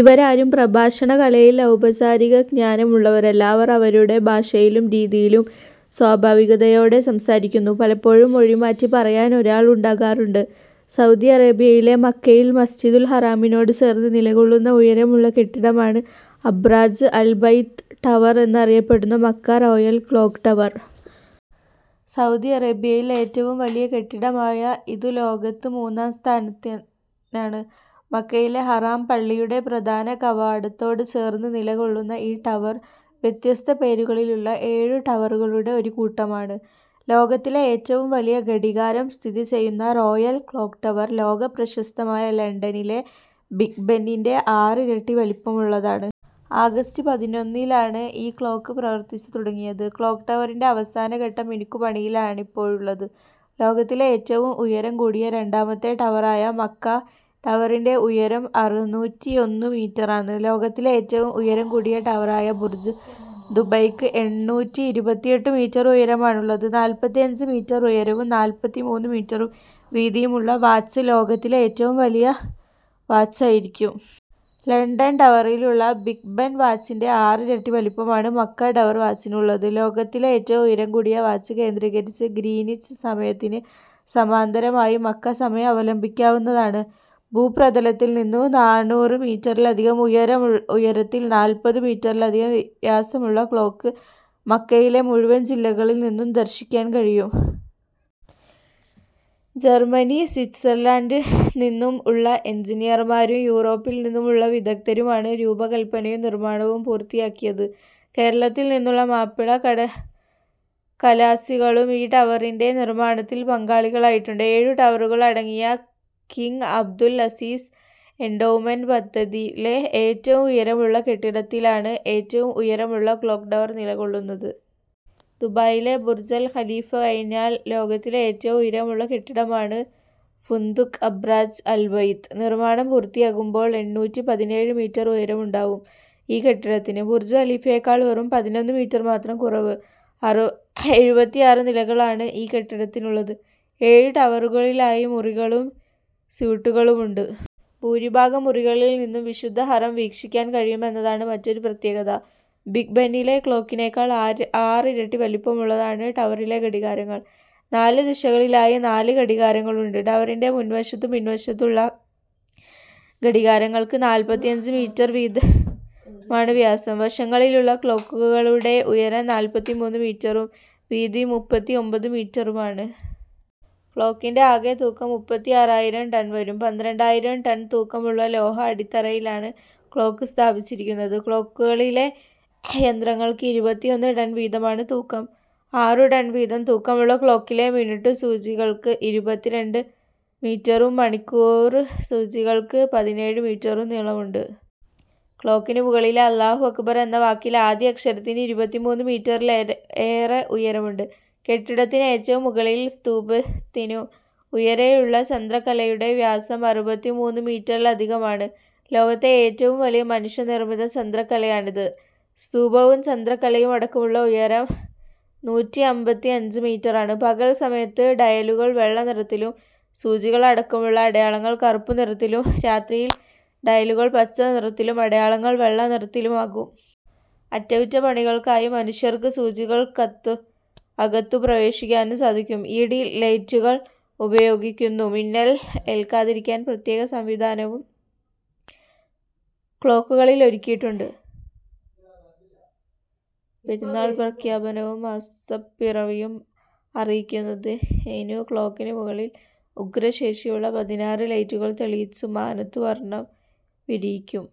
ഇവരാരും പ്രഭാഷണകലയിൽ ഔപചാരികജ്ഞാനം ഉള്ളവരല്ല. അവർ അവരുടെ ഭാഷയിലും രീതിയിലും സ്വാഭാവികതയോടെ സംസാരിക്കുന്നു. പലപ്പോഴും മൊഴിമാറ്റി പറയാൻ ഒരാൾ ഉണ്ടാകാറുണ്ട്. സൗദി അറേബ്യയിലെ മക്കയിൽ മസ്ജിദുൽ ഹറാമിനോട് ചേർന്ന് നില കൊള്ളുന്ന ഉയരമുള്ള കെട്ടിടമാണ് അബ്രാജ് അൽ ബൈത്ത് ടവർ എന്നറിയപ്പെടുന്ന Makkah Royal Clock Tower. Saudi അറേബ്യയിൽ ഏറ്റവും വലിയ കെട്ടിടമായ ഇതു ലോകത്ത് മൂന്നാം സ്ഥാനത്തിനാണ്. മക്കയിലെ ഹറാം പള്ളിയുടെ പ്രധാന കവാടത്തോട് ചേർന്ന് നില കൊള്ളുന്ന ഈ ടവർ വ്യത്യസ്ത പേരുകളിലുള്ള ഏഴു ടവറുകളുടെ ഒരു കൂട്ടമാണ്. ലോകത്തിലെ ഏറ്റവും വലിയ ഘടികാരം സ്ഥിതിചെയ്യുന്ന റോയൽ ക്ലോക്ക്ടവർ ലോക പ്രശസ്തമായ ലണ്ടനിലെ ബിഗ് ബെന്നിന്റെ ആറിരട്ടി വലിപ്പമുള്ളതാണ്. ആഗസ്റ്റ് പതിനൊന്നിലാണ് ഈ ക്ലോക്ക് പ്രവർത്തിച്ചു തുടങ്ങിയത്. ക്ലോക്ക്ടവറിന്റെ അവസാനഘട്ട മിനുക്കു പണിയിലാണിപ്പോഴുള്ളത്. ലോകത്തിലെ ഏറ്റവും ഉയരം കൂടിയ രണ്ടാമത്തെ ടവറായ മക്ക ടവറിന്റെ ഉയരം അറുനൂറ്റിയൊന്നു മീറ്ററാണ്. ലോകത്തിലെ ഏറ്റവും ഉയരം കൂടിയ ടവറായ ബുർജ് ദുബൈക്ക് എണ്ണൂറ്റിഇരുപത്തിയെട്ടു മീറ്റർ ഉയരമാണുള്ളത്. നാല്പത്തിഅഞ്ച് മീറ്റർ ഉയരവും നാല്പത്തിമൂന്ന് മീറ്റർ വീതിയുമുള്ള വാച്ച് ലോകത്തിലെ ഏറ്റവും വലിയ വാച്ചായിരിക്കും. ലണ്ടൻ ടവറിലുള്ള ബിഗ് ബെൻ വാച്ചിന്റെ ആറിരട്ടി വലിപ്പമാണ് മക്ക ടവർ വാച്ചിനുള്ളത്. ലോകത്തിലെ ഏറ്റവും ഉയരം കൂടിയ വാച്ച് കേന്ദ്രീകരിച്ച് ഗ്രീനിച്ച് സമയത്തിന് സമാന്തരമായി മക്ക സമയം അവലംബിക്കാവുന്നതാണ്. ഭൂപ്രതലത്തിൽ നിന്നും നാണ്ണൂറ് മീറ്ററിലധികം ഉയരത്തിൽ നാൽപ്പതു മീറ്ററിലധികം വ്യാസമുള്ള ക്ലോക്ക് മക്കയിലെ മുഴുവൻ ജില്ലകളിൽ നിന്നും ദർശിക്കാൻ കഴിയും. ജർമനി, സ്വിറ്റ്സർലാന്റ് നിന്നും ഉള്ള എൻജിനീയർമാരും യൂറോപ്പിൽ നിന്നും ഉള്ള വിദഗ്തരുമാണ് രൂപകല്പനയും നിർമ്മാണവും പൂർത്തിയാക്കിയത്. കേരളത്തിൽ നിന്നുള്ള മാപ്പിള കലാസികളും ഈ ടവറിന്റെ നിർമ്മാണത്തിൽ പങ്കാളികളായിട്ടുണ്ട്. ഏഴു ടവറുകൾ അടങ്ങിയ കിംഗ് അബ്ദുൽ അസീസ് എൻഡോവ്മെന്റ് പദ്ധതിയിലെ ഏറ്റവും ഉയരമുള്ള കെട്ടിടത്തിലാണ് ഏറ്റവും ഉയരമുള്ള ക്ലോക്ക് ടവർ നിലകൊള്ളുന്നത്. ദുബായിലെ ബുർജ് അൽ ഖലീഫ കഴിഞ്ഞാൽ ലോകത്തെ ഏറ്റവും ഉയരമുള്ള കെട്ടിടമാണ് ഫുന്ദുഖ് അബ്രാജ് അൽ ബൈത്ത്. നിർമ്മാണം പൂർത്തിയാവുമ്പോൾ എണ്ണൂറ്റിപതിനേഴ് മീറ്റർ ഉയരമുണ്ടാവും ഈ കെട്ടിടത്തിന്. ബുർജ് ഖലീഫയേക്കാൾ വെറും പതിനൊന്ന് മീറ്റർ മാത്രം കുറവ്. എഴുപത്തിആറ് നിലകളാണ് ഈ കെട്ടിടത്തിനുള്ളത്. ഏഴ് ടവറുകളിലായി മുറികളും സ്യൂട്ടുകളുമുണ്ട്. ഭൂരിഭാഗം മുറികളിൽനിന്നും വിശുദ്ധ ഹറം വീക്ഷിക്കാൻ കഴിയുമെന്നതാണ് മറ്റൊരു പ്രത്യേകത. ബിഗ് ബെന്നിലെ ക്ലോക്കിനേക്കാൾ ആറിരട്ടി വലിപ്പമുള്ളതാണ് ടവറിലെ ഘടികാരങ്ങൾ. നാല് ദിശകളിലായി നാല് ഘടികാരങ്ങളുണ്ട്. ടവറിന്റെ മുൻവശത്തും പിൻവശത്തുമുള്ള ഘടികാരങ്ങൾക്ക് നാല്പത്തിഅഞ്ച് മീറ്റർ വീതമാണ് വ്യാസം. വശങ്ങളിലുള്ള ക്ലോക്കുകളുടെ ഉയരം നാൽപ്പത്തിമൂന്ന് മീറ്ററും വീതി മുപ്പത്തിഒൻപത് മീറ്ററുമാണ്. ക്ലോക്കിന്റെ ആകെ തൂക്കം മുപ്പത്തിആറായിരം ടൺ വരും. പന്ത്രണ്ടായിരം ടൺ തൂക്കമുള്ള ലോഹ അടിത്തറയിലാണ് ക്ലോക്ക് സ്ഥാപിച്ചിരിക്കുന്നത്. ക്ലോക്കുകളിലെ യന്ത്രങ്ങൾക്ക് ഇരുപത്തിയൊന്ന് ടൺ വീതമാണ് തൂക്കം. ആറു ടൺ വീതം തൂക്കമുള്ള ക്ലോക്കിലെ മിനുട്ട് സൂചികൾക്ക് ഇരുപത്തിരണ്ട് മീറ്ററും മണിക്കൂർ സൂചികൾക്ക് പതിനേഴ് മീറ്ററും നീളമുണ്ട്. ക്ലോക്കിനു മുകളിലെ അല്ലാഹു അക്ബർ എന്ന വാക്കിലെ ആദ്യ അക്ഷരത്തിന് ഇരുപത്തിമൂന്ന് മീറ്ററിലേറെ ഉയരമുണ്ട്. കെട്ടിടത്തിന് ഏറ്റവും മുകളിൽ സ്തൂപത്തിനും ഉയരെയുള്ള ചന്ദ്രക്കലയുടെ വ്യാസം അറുപത്തിമൂന്ന് മീറ്ററിലധികമാണ്. ലോകത്തെ ഏറ്റവും വലിയ മനുഷ്യ നിർമിത ചന്ദ്രക്കലയാണിത്. സ്തൂപവും ചന്ദ്രക്കലയുമടക്കമുള്ള ഉയരം നൂറ്റിഅമ്പത്തിഅഞ്ച് മീറ്ററാണ്. പകൽ സമയത്ത് ഡയലുകൾ വെള്ള നിറത്തിലും സൂചികൾ അടക്കമുള്ള അടയാളങ്ങൾ കറുപ്പ് നിറത്തിലും രാത്രിയിൽ ഡയലുകൾ പച്ച നിറത്തിലും അടയാളങ്ങൾ വെള്ള നിറത്തിലുമാകും. അറ്റകുറ്റ പണികൾക്കായി മനുഷ്യർക്ക് സൂചികൾക്കകത്തു പ്രവേശിക്കാനും സാധിക്കും. ഇ. ഡി ലൈറ്റുകൾ ഉപയോഗിക്കുന്നു. മിന്നൽ എൽക്കാതിരിക്കാൻ പ്രത്യേക സംവിധാനവും ക്ലോക്കുകളിൽ ഒരുക്കിയിട്ടുണ്ട്. പെരുന്നാൾ പ്രക്യാപനവും മാസപ്പിരവിയും അറിയിക്കുന്നതിനു ക്ലോക്കിന് മുകളിൽ ഉഗ്രശേഷിയുള്ള പതിനാറ് ലൈറ്റുകൾ തെളിയിച്ചു മാനത്തു വർണം വിരിയിക്കും.